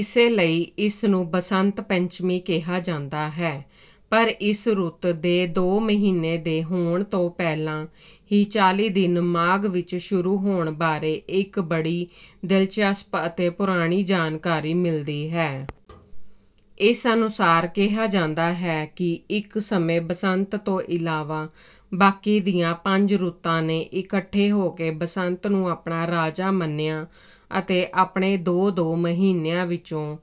ਇਸੇ ਲਈ ਇਸ ਨੂੰ ਬਸੰਤ ਪੰਚਮੀ ਕਿਹਾ ਜਾਂਦਾ ਹੈ। ਪਰ ਇਸ ਰੁੱਤ ਦੇ-ਦੋ ਮਹੀਨੇ ਦੇ ਹੋਣ ਤੋਂ ਪਹਿਲਾਂ ਹੀ ਚਾਲੀ ਦਿਨ ਮਾਘ ਵਿੱਚ ਸ਼ੁਰੂ ਹੋਣ ਬਾਰੇ ਇੱਕ ਬੜੀ ਦਿਲਚਸਪ ਅਤੇ ਪੁਰਾਣੀ ਜਾਣਕਾਰੀ ਮਿਲਦੀ ਹੈ। ਇਸ ਅਨੁਸਾਰ ਕਿਹਾ ਜਾਂਦਾ ਹੈ ਕਿ ਇੱਕ ਸਮੇਂ ਬਸੰਤ ਤੋਂ ਇਲਾਵਾ ਬਾਕੀ ਦੀਆਂ ਪੰਜ ਰੁੱਤਾਂ ਨੇ ਇਕੱਠੇ ਹੋ ਕੇ ਬਸੰਤ ਨੂੰ ਆਪਣਾ ਰਾਜਾ ਮੰਨਿਆ ਅਤੇ ਆਪਣੇ ਦੋ ਦੋ ਮਹੀਨਿਆਂ ਵਿੱਚੋਂ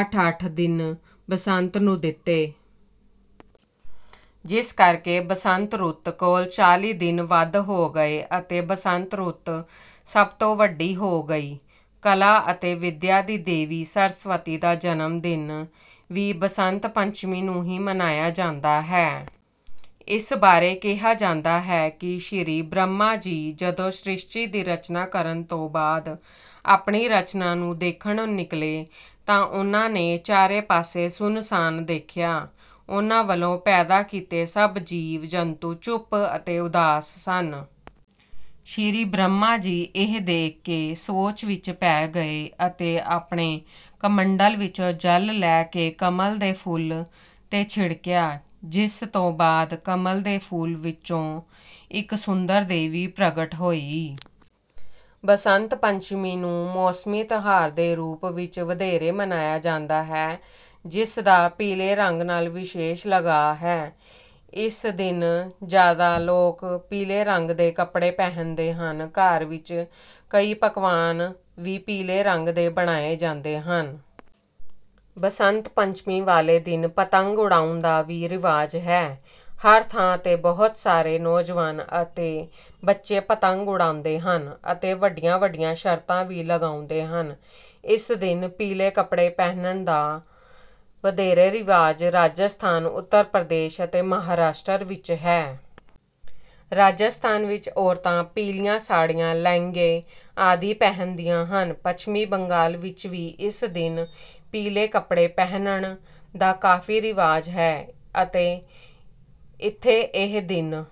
ਅੱਠ-ਅੱਠ ਦਿਨ ਬਸੰਤ ਨੂੰ ਦਿੱਤੇ। ਜਿਸ ਕਰਕੇ ਬਸੰਤ ਰੁੱਤ ਕੋਲ ਚਾਲੀ ਦਿਨ ਵੱਧ ਹੋ ਗਏ ਅਤੇ ਬਸੰਤ ਰੁੱਤ ਸਭ ਤੋਂ ਵੱਡੀ ਹੋ ਗਈ। ਕਲਾ ਅਤੇ ਵਿਦਿਆ ਦੀ ਦੇਵੀ ਸਰਸਵਤੀ ਦਾ ਜਨਮ ਦਿਨ ਵੀ ਬਸੰਤ ਪੰਚਮੀ ਨੂੰ ਹੀ ਮਨਾਇਆ ਜਾਂਦਾ ਹੈ। ਇਸ ਬਾਰੇ ਕਿਹਾ ਜਾਂਦਾ ਹੈ ਕਿ ਸ੍ਰੀ ਬ੍ਰਹਮਾ ਜੀ ਜਦੋਂ ਸ਼੍ਰਿਸ਼ਟੀ ਦੀ ਰਚਨਾ ਕਰਨ ਤੋਂ ਬਾਅਦ ਆਪਣੀ ਰਚਨਾ ਨੂੰ ਦੇਖਣ ਨਿਕਲੇ ਤਾਂ ਉਨ੍ਹਾਂ ਨੇ ਚਾਰੇ ਪਾਸੇ ਸੁੰਨਸਾਨ ਦੇਖਿਆ। ਉਨ੍ਹਾਂ ਵੱਲੋਂ ਪੈਦਾ ਕੀਤੇ ਸਭ ਜੀਵ ਜੰਤੂ ਚੁੱਪ ਅਤੇ ਉਦਾਸ ਸਨ। ਸ੍ਰੀ ਬ੍ਰਹਮਾ ਜੀ ਇਹ ਦੇਖ ਕੇ ਸੋਚ ਵਿੱਚ ਪੈ ਗਏ ਅਤੇ ਆਪਣੇ ਕਮੰਡਲ ਵਿੱਚੋਂ ਜਲ ਲੈ ਕੇ ਕਮਲ ਦੇ ਫੁੱਲ ਤੇ ਛਿੜਕਿਆ। ਜਿਸ ਤੋਂ ਬਾਅਦ ਕਮਲ ਦੇ ਫੁੱਲ ਵਿੱਚੋਂ ਇੱਕ ਸੁੰਦਰ ਦੇਵੀ ਪ੍ਰਗਟ ਹੋਈ। ਬਸੰਤ ਪੰਚਮੀ ਨੂੰ ਮੌਸਮੀ ਤਿਉਹਾਰ ਦੇ ਰੂਪ ਵਿੱਚ ਵਧੇਰੇ ਮਨਾਇਆ ਜਾਂਦਾ ਹੈ ਜਿਸ ਦਾ ਪੀਲੇ ਰੰਗ ਨਾਲ ਵਿਸ਼ੇਸ਼ ਲਗਾਅ ਹੈ। ਇਸ ਦਿਨ ਜ਼ਿਆਦਾ ਲੋਕ ਪੀਲੇ ਰੰਗ ਦੇ ਕੱਪੜੇ ਪਹਿਨਦੇ ਹਨ। ਘਰ ਵਿੱਚ ਕਈ ਪਕਵਾਨ ਵੀ ਪੀਲੇ ਰੰਗ ਦੇ ਬਣਾਏ ਜਾਂਦੇ ਹਨ। ਬਸੰਤ ਪੰਚਮੀ ਵਾਲੇ ਦਿਨ ਪਤੰਗ ਉਡਾਉਣ ਦਾ ਵੀ ਰਿਵਾਜ ਹੈ। ਹਰ ਥਾਂ ਤੇ ਬਹੁਤ ਸਾਰੇ ਨੌਜਵਾਨ ਅਤੇ ਬੱਚੇ ਪਤੰਗ ਉਡਾਉਂਦੇ ਹਨ ਅਤੇ ਵੱਡੀਆਂ ਵੱਡੀਆਂ ਸ਼ਰਤਾਂ ਵੀ ਲਗਾਉਂਦੇ ਹਨ। ਇਸ ਦਿਨ ਪੀਲੇ ਕੱਪੜੇ ਪਹਿਨਣ ਦਾ ਵਧੇਰੇ ਰਿਵਾਜ ਰਾਜਸਥਾਨ ਉੱਤਰ ਪ੍ਰਦੇਸ਼ ਅਤੇ ਮਹਾਰਾਸ਼ਟਰ ਵਿੱਚ ਹੈ। ਰਾਜਸਥਾਨ ਵਿੱਚ ਔਰਤਾਂ ਪੀਲੀਆਂ ਸਾੜ੍ਹੀਆਂ ਲਹਿੰਗੇ ਆਦਿ ਪਹਿਨਦੀਆਂ ਹਨ। ਪੱਛਮੀ ਬੰਗਾਲ ਵਿੱਚ ਵੀ ਇਸ ਦਿਨ ਪੀਲੇ ਕੱਪੜੇ ਪਹਿਨਣ ਦਾ ਕਾਫੀ ਰਿਵਾਜ ਹੈ ਅਤੇ ਇੱਥੇ ਇਹ ਦਿਨ